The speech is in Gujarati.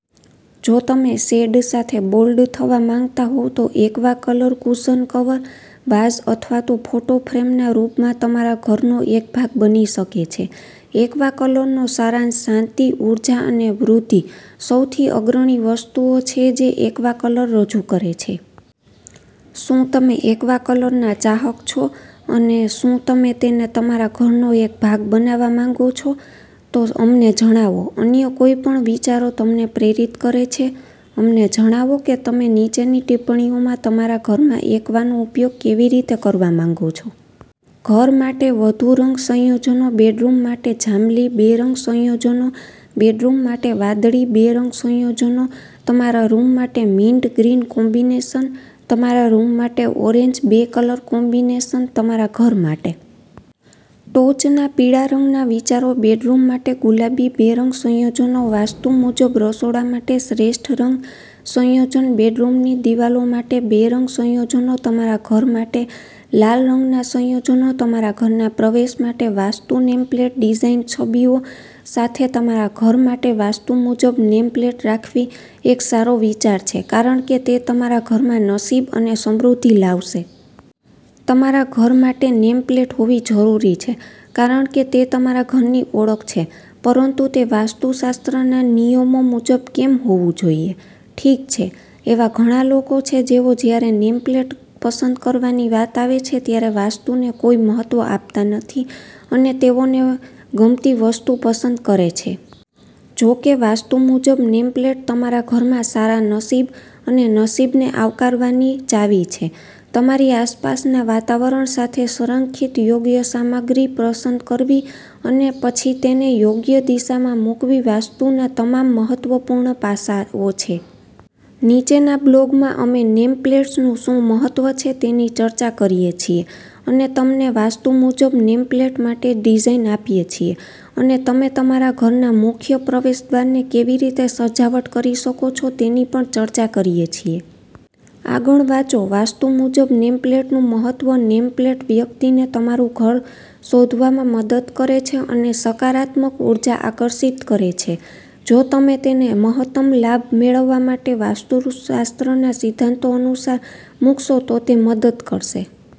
જો તમે શેડ સાથે બોલ્ડ થવા માંગતા હોવ તો aqua colour cushion cover, vase અથવા તો ફોટો ફ્રેમના રૂપમાં તમારા ઘરનો એક ભાગ બની શકે છે. એક્વા કલરનો સારાંશ શાંતિ, ઉર્જા અને વૃદ્ધિસૌથી અગ્રણી વસ્તુઓ છે જે એક્વા કલર રજૂ કરે છે. શું તમે એક્વા કલરના ચાહક છો અને શું તમે તેને તમારા ઘરનો એક ભાગ બનાવવા માંગો છો? તો અમને જણાવો. અન્ય કોઈપણ વિચારો તમને પ્રેરિત કરે છે? અમને જણાવો કે તમે નીચેની ટિપ્પણીઓમાં તમારા ઘરમાં એક્વાનો ઉપયોગ કેવી રીતે કરવા માંગો છો. ઘર માટે વધુ રંગ સંયોજનો બેડરૂમ માટે જાંબલી બે રંગ સંયોજનો બેડરૂમ માટે વાદળી બે રંગ સંયોજનો તમારા રૂમ માટે મિન્ટ ગ્રીન કોમ્બિનેશન તમારા રૂમ માટે ઓરેન્જ બે કલર કોમ્બિનેશન તમારા ઘર માટે ટોચના પીળા રંગના વિચારો બેડરૂમ માટે ગુલાબી બે રંગ સંયોજનો વાસ્તુ મુજબ રસોડા માટે શ્રેષ્ઠ રંગ સંયોજન બેડરૂમની દિવાલો માટે બે રંગ સંયોજનો તમારા ઘર માટે લાલ રંગના સંયોજનો તમારા ઘરના પ્રવેશ માટે વાસ્તુ નેમ પ્લેટ ડિઝાઇનછબીઓ સાથે તમારા ઘર માટે વાસ્તુ મુજબ નેમ પ્લેટ રાખવીએક સારો વિચાર છે કારણ કે તે તમારા ઘરમાં નસીબ અને સમૃદ્ધિ લાવશે. તમારા ઘર માટે નેમ પ્લેટ હોવી જરૂરી છે કારણ કે તે તમારા ઘરની ઓળખ છે. પરંતુ તે વાસ્તુશાસ્ત્રના નિયમો મુજબ કેમ હોવું જોઈએ? ઠીક છે, એવા ઘણા લોકો છે જેઓ જ્યારે નેમ પ્લેટ પસંદ કરવાની વાત આવે છે ત્યારે વાસ્તુને કોઈ મહત્વ આપતા નથી અને તેઓને ગમતી વસ્તુ પસંદ કરે છે. જો કે, વાસ્તુ મુજબ નેમ પ્લેટ તમારા ઘરમાં સારા નસીબ અને નસીબને આવકારવાની ચાવી છે. તમારી આસપાસના વાતાવરણ સાથે સંરેખિત યોગ્ય સામગ્રી પસંદ કરવી અને પછી તેને યોગ્ય દિશામાં મૂકવી વાસ્તુના તમામ મહત્વપૂર્ણ પાસાઓ છે. નીચેના બ્લોગમાં, અમે નેમ પ્લેટ્સનું શું મહત્વ છે તેની ચર્ચા કરીએ છીએ, અને તમને વાસ્તુ મુજબ નેમ પ્લેટ માટે ડિઝાઇન આપીએ છીએ, અને તમે તમારા ઘરના મુખ્ય પ્રવેશદ્વારને કેવી રીતે સજાવટ કરી શકો છો તેની પણ ચર્ચા કરીએ છીએ. આગળ વાંચો વાસ્તુ મુજબ નેમ પ્લેટનું મહત્વ નેમપ્લેટ વ્યક્તિને તમારું ઘર શોધવામાં મદદ કરે છે અને સકારાત્મક ઊર્જા આકર્ષિત કરે છે. જો તમે તેને મહત્તમ લાભ મેળવવા માટે વાસ્તુશાસ્ત્રના સિદ્ધાંતો અનુસાર મુકશો તો તે મદદ કરશે.